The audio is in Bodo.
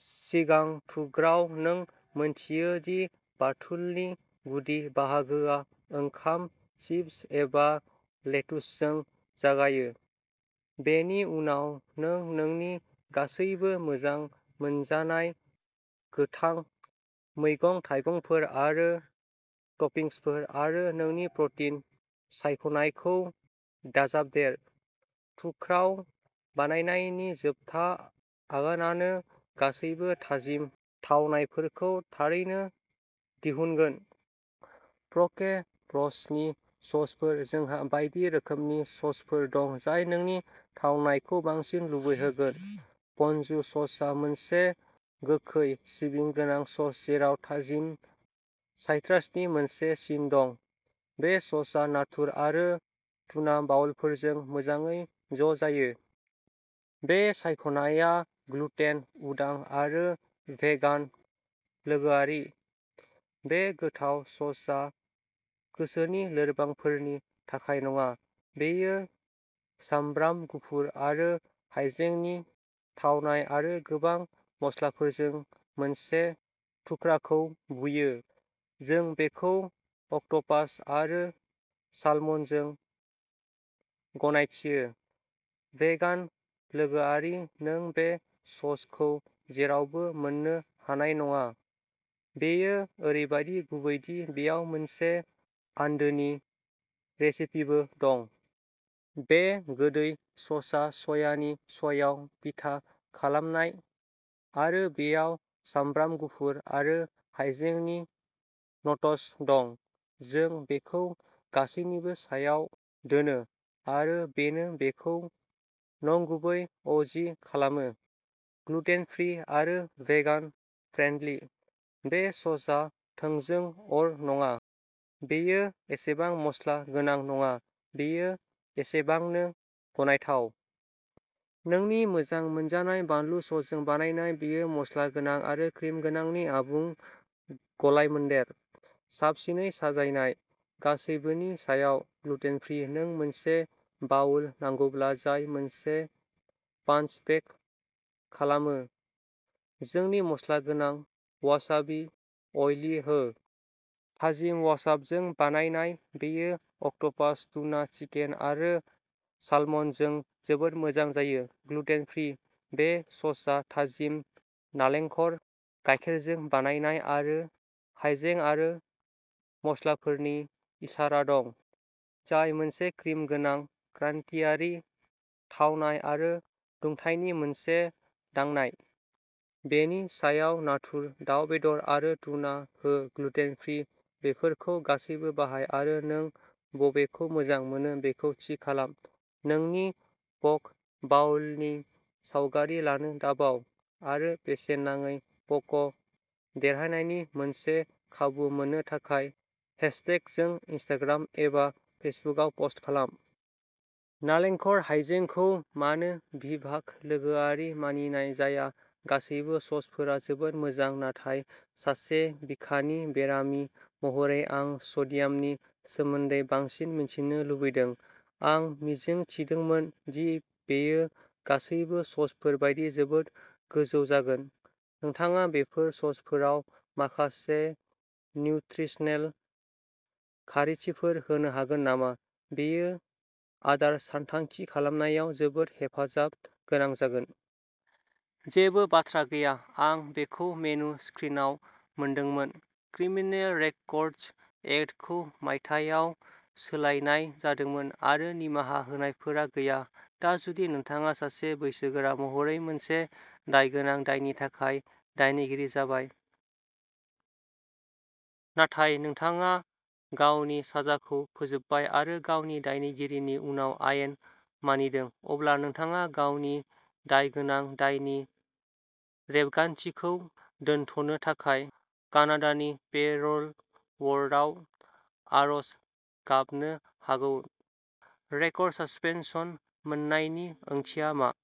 सिगां थुख्राव, नों मिन्थियो दि बाथुलनि गुदि बाहागोआ ओंखाम, चिप्स एबा लेतुसजों जागायो। बेनि उनाव नों नोंनि गासैबो मोजां मोनजानाय गोथां मैगं-थाइगंफोर आरो टपिंफोर आरो नोंनि प्रटिन सायख'नायखौ दाजाबदेर। थुख्राव बानायनायनि जोबथा आगानानो गासैबो थाजिम थावनायफोरखौ थारैनो दिहुनगोन। प'के ब्र'सनि ससफोर जोंहा बायदि रोखोमनि ससफोर दं जाय नोंनि थावनायखौ बांसिन लुबैहोगोन। पनजु ससआ मोनसे गोखै, सिबिं गोनां सस जेराव थाजिम साइट्रासनि मोनसे सिन दं। बे ससआ नाथुर आरो टुना बाउलफोरजों मोजाङै ज' जायो। बे सायख'नाया ग्लुटेन उदां आरो भेगान लोगोआरि। बे गोथाव ससआ गोसोनि लोरबांफोरनि थाखाय नङा। बेयो सामब्राम गुफुर आरो हाइजेंनि थावनाय आरो गोबां मस्लाफोरजों मोनसे थुख्राखौ बुयो। जों बेखौ अक्ट'पास आरो सालमनजों गनायथियो। भेगान लोगोआरि नों बे ससखौ जेरावबो मोन्नो हानाय नङा, बेयो ओरैबादि गुबै दि बेयाव मोनसे आन्दोनि रेसिपिबो दं। बे गोदै ससआ सयानि सयाव बिथा खालामनाय आरो बेयाव सामब्राम गुफुर आरो हाइजेंनि न'टस दं। जों बेखौ गासैनिबो सायाव दोनो, आरो बेनो बेखौ नंगुबै अ जि खालामो। ग्लुटेन फ्रि आरो भेगान फ्रेन्डलि। बे ससआ थोंजों अर नङा, बेयो एसेबां मस्ला गोनां नङा, बेयो एसेबांनो गनायथाव। नोंनि मोजां मोनजानाय बानलु ससजों बानायनाय बेयो मस्ला गोनां आरो क्रिम गोनांनि आबुं गलायमोन्देर। साबसिनै साजायनाय, गासैबोनि सायाव। ग्लुटेन फ्रि नों मोनसे बाउल नांगौब्ला जाय मोनसे पाञ्च पेक खालामो, जोंनि मस्ला गोनां वासाबि अय'लि हो। थाजिम वासाबजों बानायनाय, बेयो अक्ट'पास, टुना, चिकेन आरो सालमनजों जोबोद मोजां जायो। ग्लुटेन फ्रि बे ससआ थाजिम नालेंखर गायखेरजों बानायनाय आरो हाइजें आरो मस्लाफोरनि इसारा दं, जाय मोनसे क्रिम गोनां क्रान्तियारि थावनाय आरो दुंथायनि मोनसे दांनाय। बेनि सायाव नाथुर, दाव बेदर आरो टुना हो ग्लुटेन फ्रि बेफोरखौ गासैबो बाहाय आरो नों बबेखौ मोजां मोनो बेखौ थि खालाम। नोंनि पक बाउलनि सावगारि लानो दाबाव। आरो बेसेन नाङै प'क देरहानायनि मोनसे खाबु मोननो थाखाय हेशटेग जों इनस्टाग्राम एबा फेसबुकआव पस्ट खालाम। नालेंखर हाइजेंखौ मानो भिबाग लोगोआरि मानिनाय जाया गासैबो ससफोरा जोबोद मोजां नाथाय सासे बिखानि बेरामि महरै आं सडियामनि सोमोन्दै बांसिन मिथिनो लुबैदों। आं मिजिंथिदोंमोन दि बेयो गासैबो ससफोर बायदि जोबोद गोजौ जागोन। नोंथाङा बेफोर ससफोराव माखासे निउत्रिसनेल खारिथिफोर होनो हागोन नामा? बेयो आदार सानथांखि खालामनायाव जोबोद हेफाजाब गोनां जागोन। जेबो बाथ्रा गैया। आं बेखौ मेनु स्क्रिनआव मोनदोंमोन। क्रिमिनेल रेकर्डस एक्टखौ मायथाइयाव सोलायनाय जादोंमोन, आरो निमाहा होनायफोरा गैया। दा, जुदि नोंथाङा सासे बैसोगोरा महरै मोनसे दायगोनां दायनि थाखाय दायनिगिरि जाबाय, नाथाय नोंथाङा गावनि साजाखौ फोजोबबाय आरो गावनि दायनिगिरिनि उनाव आयेन मानिदों, अब्ला नोंथाङा गावनि दायगोनां दायनि रेबगान्थिखौ दोनथ'नो थाखाय कानाडानि पेर'ल बर्डआव आर'ज गाबनो हागौ। रेकर्ड सासपेनसन मोननायनि ओंथिया मा?